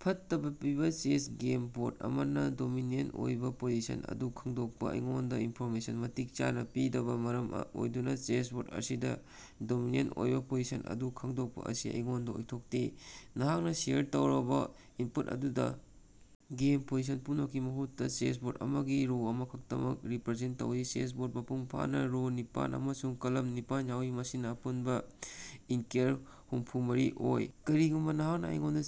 ꯐꯠꯇꯕ ꯑꯄꯤꯕ chess game ꯕꯣꯔꯗ ꯑꯃꯗ ꯗꯣꯃꯤꯅꯦꯟꯇ ꯑꯣꯏꯕ ꯄꯣꯖꯤꯁꯟ ꯑꯗꯨ ꯈꯪꯗꯣꯛꯄ꯫ ꯑꯩꯉꯣꯟꯗ ꯏꯟꯐꯣꯔꯃꯦꯁꯟ ꯃꯇꯤꯛ ꯆꯥꯅ ꯄꯤꯗꯕꯅ ꯃꯔꯝ ꯑꯣꯏꯗꯨꯅ ꯆꯦꯁꯕꯣꯔꯗ ꯑꯁꯤꯗ ꯗꯣꯃꯤꯅꯦꯟꯇ ꯑꯣꯏꯕ ꯄꯣꯖꯤꯁꯟ ꯑꯗꯨ ꯈꯪꯗꯣꯛꯄ ꯑꯁꯤ ꯑꯩꯉꯣꯟꯗ ꯑꯣꯏꯊꯣꯛꯇꯦ꯫ ꯅꯍꯥꯛꯅ ꯁꯦꯌꯔ ꯇꯧꯔꯕ ꯏꯅꯄꯨꯠ ꯑꯗꯨꯅ ꯒꯦꯝ ꯄꯣꯖꯤꯁꯟ ꯄꯨꯝꯅꯃꯛꯀꯤ ꯃꯍꯨꯠꯇ, ꯆꯦꯁꯕꯣꯔꯗ ꯑꯃꯒꯤ ꯔꯣ ꯑꯃꯈꯛꯇꯃꯛ ꯔꯤꯄꯔꯖꯦꯟꯇ ꯇꯧꯏ꯫ ꯆꯦꯁꯕꯣꯔꯗ ꯃꯄꯨꯡ ꯐꯥꯅꯥ ꯔꯣ ꯅꯤꯄꯥꯜ ꯑꯃꯁꯨꯡ ꯀꯂꯝ ꯅꯤꯄꯥꯜ ꯌꯥꯎꯏ, ꯃꯁꯤꯅ ꯑꯄꯨꯟꯕ ꯏꯁ꯭ꯀꯌꯥꯔ ꯍꯨꯝꯐꯨꯃꯔꯤ ꯑꯣꯏ꯫ ꯀꯔꯤꯒꯨꯝꯕ ꯅꯍꯥꯛꯅ ꯑꯩꯉꯣꯟꯗ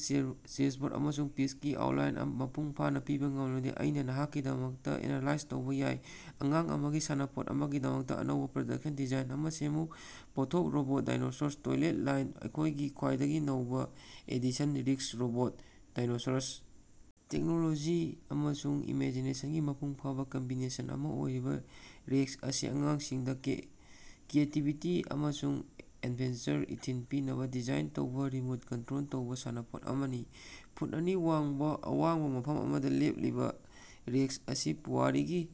ꯆꯦꯁꯕꯣꯔꯗ ꯑꯃꯁꯨꯡ ꯄꯤꯁꯀꯤ ꯂꯦꯑꯥꯎꯠ ꯃꯄꯨꯡ ꯐꯥꯅ ꯄꯤꯕ ꯉꯝꯂꯕꯗꯤ ꯑꯩꯅ ꯅꯍꯥꯛꯀꯤꯗꯃꯛꯇ ꯑꯦꯅꯥꯂꯥꯏꯖ ꯇꯧꯕ ꯌꯥꯏ꯫ ꯑꯉꯥꯡ ꯑꯃꯒꯤ ꯁꯥꯟꯅꯄꯣꯠ ꯑꯃꯒꯤꯗꯃꯛ ꯑꯅꯧꯕ ꯄ꯭ꯔꯗꯛꯇ ꯗꯤꯖꯥꯏꯟ ꯑꯃ ꯁꯦꯝꯃꯨ꯫ ꯄꯣꯠꯊꯣꯛ: ꯔꯣꯕꯣꯠ ꯗꯥꯏꯅꯣꯁꯥꯔꯁ꯫ ꯇꯣꯏꯂꯦꯠ ꯂꯥꯏꯟꯗ ꯑꯩꯈꯣꯏꯒꯤ ꯈ꯭ꯋꯥꯏꯗꯒꯤ ꯅꯧꯕ edition- rex, robot dinosaurs! Technology ꯑꯃꯁꯨꯡ ꯏꯃꯦꯖꯤꯅꯦꯁꯟꯒꯤ ꯃꯄꯨꯡ ꯐꯥꯕ ꯀꯝꯕꯤꯅꯦꯁꯟ ꯑꯃ ꯑꯣꯏꯔꯤꯕ ꯔꯦꯛꯁ ꯑꯁꯤ ꯑꯉꯥꯡꯁꯤꯡꯗ ꯀ꯭ꯔꯤꯌꯦꯇꯤꯕꯤꯇꯤ ꯑꯃꯁꯨꯡ ꯑꯦꯗꯚꯦꯟꯆꯔꯗ ꯏꯊꯤꯜ ꯄꯤꯅꯕ ꯗꯤꯖꯥꯏꯟ ꯇꯧꯕ ꯔꯤꯃꯣꯠ ꯀꯟꯠꯔꯣꯜ ꯇꯧꯕ ꯁꯥꯟꯅꯄꯣꯠ ꯑꯃꯅꯤ꯫ ꯐꯨꯠ ꯑꯅꯤ ꯋꯥꯡꯕ ꯑꯋꯥꯡꯕ ꯃꯐꯝ ꯑꯃꯗ ꯂꯦꯞꯂꯤꯕ ꯔꯦꯛꯁ ꯑꯁꯤ ꯄꯨꯋꯥꯔꯤꯒꯤ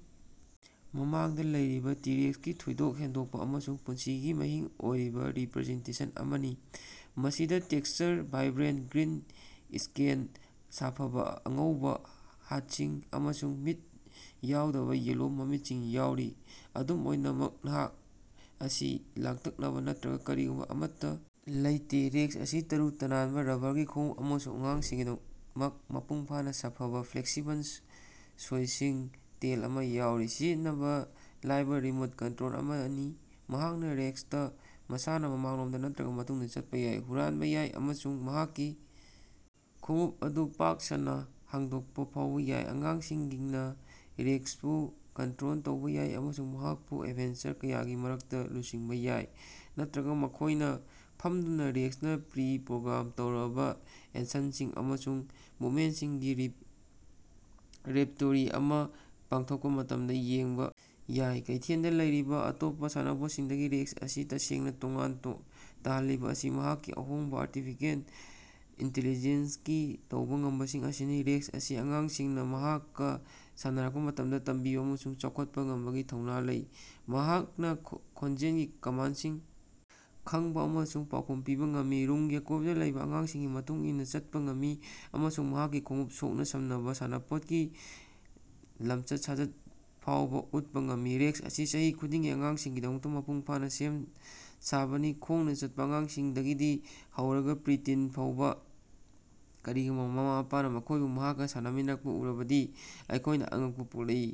ꯃꯃꯥꯡꯗ ꯂꯩꯔꯝꯕ ꯇꯤ-ꯔꯦꯛꯁꯀꯤ ꯊꯣꯏꯗꯣꯛ ꯍꯦꯟꯗꯣꯛꯄ ꯑꯃꯁꯨꯡ ꯄꯨꯟꯁꯤ ꯃꯍꯤꯡꯒꯤ ꯑꯣꯏꯕ ꯔꯤꯄꯔꯖꯦꯟꯇꯦꯁꯟ ꯑꯃꯅꯤ, ꯃꯁꯤꯗ ꯇꯦꯛꯁꯆꯔ, ꯚꯥꯏꯕ꯭ꯔꯦꯟꯇ ꯒ꯭ꯔꯤꯟ ꯏꯁ꯭ꯀꯦꯜꯁꯤꯡ, ꯁꯥꯐꯕꯥ ꯑꯉꯧꯕꯥ ꯍꯥꯠꯁꯤꯡ, ꯑꯃꯁꯨꯡ ꯃꯤꯠ ꯎꯗꯕ ꯌꯦꯜꯂꯣ ꯃꯃꯤꯠꯁꯤꯡ ꯌꯥꯎꯔꯤ꯫ ꯑꯗꯨꯝ ꯑꯣꯏꯅꯃꯛ, ꯃꯍꯥꯛ ꯑꯁꯤ ꯂꯥꯡꯇꯛꯅꯕ ꯅꯠꯇꯅ ꯀꯔꯤꯒꯨꯝꯕ ꯑꯃꯠꯇ ꯂꯩꯇꯦ- ꯔꯦꯛꯁ ꯑꯁꯤ ꯇꯔꯨ ꯇꯅꯥꯟꯕꯥ, ꯔꯕ꯭ꯕꯔꯒꯤ ꯈꯣꯡꯎꯞ ꯑꯃꯁꯨꯡ ꯑꯉꯥꯡꯁꯤꯡꯒꯤꯗꯃꯛꯇ ꯃꯄꯨꯡ ꯐꯥꯅ ꯁꯥꯐꯕ ꯐ꯭ꯂꯦꯛꯁꯤꯕꯜ, ꯁꯣꯏꯁꯤꯡ ꯇꯦꯜ ꯑꯃ ꯌꯥꯎꯔꯤ꯫ ꯁꯤꯖꯤꯟꯅꯕꯗ ꯂꯥꯏꯕ ꯔꯤꯃꯣꯠ ꯀꯟꯇꯔꯣꯜ ꯑꯃꯒꯤ ꯃꯇꯦꯡꯅ ꯔꯦꯛꯁꯅ ꯃꯃꯥꯡꯂꯣꯝꯗ ꯅꯠꯇ꯭ꯔꯒꯥ ꯃꯇꯨꯡꯗ ꯆꯠꯄ ꯌꯥꯏ, ꯍꯨꯔꯥꯟꯕ ꯌꯥꯏ ꯑꯃꯁꯨꯡ ꯃꯍꯥꯛꯀꯤ ꯈꯣꯡꯎꯞ ꯑꯗꯨ ꯄꯥꯛ ꯁꯟꯅ ꯍꯥꯡꯗꯣꯛꯄ ꯐꯥꯎꯕ ꯌꯥꯏ꯫ ꯑꯉꯥꯡꯁꯤꯡꯅꯥ ꯔꯦꯛꯁꯄꯨ ꯀꯟꯇꯔꯣꯜ ꯇꯧꯕ ꯌꯥꯏ ꯑꯃꯁꯨꯡ ꯃꯍꯥꯛꯄꯨ ꯑꯦꯗꯚꯦꯟꯆꯔ ꯀꯌꯥꯒꯤ ꯃꯔꯛꯇ ꯂꯨꯆꯤꯡꯕ ꯌꯥꯏ, ꯅꯠꯇ꯭ꯔꯒꯥ ꯃꯈꯣꯏꯅ ꯐꯝꯗꯨꯅ ꯔꯦꯛꯁꯅ ꯄ꯭ꯔꯤ-ꯄ꯭ꯔꯣꯒ꯭ꯔꯥꯝ ꯇꯧꯔꯕ ꯑꯦꯛꯁꯟꯁꯤꯡ ꯑꯃꯁꯨꯡ ꯃꯨꯚꯃꯦꯟꯇꯁꯤꯡꯒꯤ ꯔꯦꯄꯔꯇꯣꯔꯤ ꯑꯃ ꯄꯥꯡꯊꯣꯛꯄ ꯃꯇꯝꯗ ꯌꯦꯡꯕ ꯌꯥꯏ꯫ ꯀꯩꯊꯦꯜꯗ ꯂꯩꯔꯤꯕꯥ ꯑꯇꯣꯞꯄ ꯁꯥꯟꯅꯄꯣꯠꯁꯤꯡꯗꯒꯤ ꯔꯦꯛꯁ ꯑꯁꯤ ꯇꯁꯦꯡꯅ ꯇꯣꯉꯥꯟꯅ ꯇꯥꯍꯜꯂꯤꯕ ꯑꯁꯤ ꯃꯍꯥꯛꯀꯤ ꯑꯍꯣꯡꯕ ꯑꯥꯔꯇꯤꯐꯤꯁꯤꯑꯦꯜ ꯏꯟꯇꯤꯂꯤꯖꯦꯟꯁꯀꯤ ꯇꯧꯕ ꯉꯝꯕꯁꯤꯡ ꯑꯁꯤꯅꯤ꯫ ꯔꯦꯛꯁ ꯑꯁꯤ ꯑꯉꯥꯡꯁꯤꯡꯅ ꯃꯍꯥꯛꯀꯥ ꯁꯥꯟꯅꯔꯛꯄ ꯃꯇꯝꯗ "ꯇꯝꯕꯤꯕ" ꯑꯃꯁꯨꯡ "ꯆꯥꯎꯈꯠꯄ" ꯉꯝꯕꯒꯤ ꯊꯧꯅ ꯂꯩ꯫ ꯃꯍꯥꯛꯅ ꯈꯣꯟꯖꯦꯜꯒꯤ ꯀꯃꯥꯟꯗꯁꯤꯡ ꯈꯪꯕ ꯑꯃꯁꯨꯡ ꯄꯥꯎꯈꯨꯝ ꯄꯤꯕ ꯉꯝꯃꯤ, ꯔꯨꯝꯒꯤ ꯑꯀꯣꯏꯕꯗ ꯂꯩꯕ ꯑꯉꯥꯡꯁꯤꯡꯒꯤ ꯃꯇꯨꯡ ꯏꯟꯅ ꯆꯠꯄ ꯉꯝꯃꯤ, ꯑꯃꯁꯨꯡ ꯃꯍꯥꯛꯀꯤ ꯈꯣꯡꯎꯞ ꯁꯣꯛꯅ-ꯁꯝꯅꯕꯒꯨꯝꯕ ꯁꯥꯟꯅꯄꯣꯠꯀꯤ ꯂꯝꯆꯠ-ꯁꯥꯖꯠꯁꯤꯡ ꯐꯥꯎꯕ ꯎꯠꯄ ꯉꯝꯃꯤ꯫ ꯔꯦꯛꯁ ꯑꯁꯤ ꯆꯍꯤ ꯈꯨꯗꯤꯡꯒꯤ ꯑꯉꯥꯡꯁꯤꯡꯒꯤꯗꯃꯛ ꯃꯄꯨꯡ ꯐꯥꯅ ꯁꯦꯝ ꯁꯥꯕꯅꯤ, ꯈꯣꯡꯅ ꯆꯠꯄ ꯑꯉꯥꯡꯁꯤꯡꯗꯒꯤ ꯍꯧꯔꯒꯥ ꯄ꯭ꯔꯤ-ꯇꯤꯟ ꯐꯥꯎꯕ ꯑꯗꯨꯕꯨ ꯀꯔꯤꯒꯨꯝꯕ ꯃꯃꯥ-ꯃꯄꯥꯁꯤꯡꯅ ꯃꯈꯣꯏꯁꯨ ꯃꯍꯥꯛꯀꯥ ꯁꯥꯟꯅꯃꯤꯟꯅꯔꯛꯄ ꯎꯔꯕꯗꯤ ꯑꯩꯈꯣꯏꯅ ꯑꯉꯛꯄꯥ ꯄꯣꯛꯂꯛꯏ!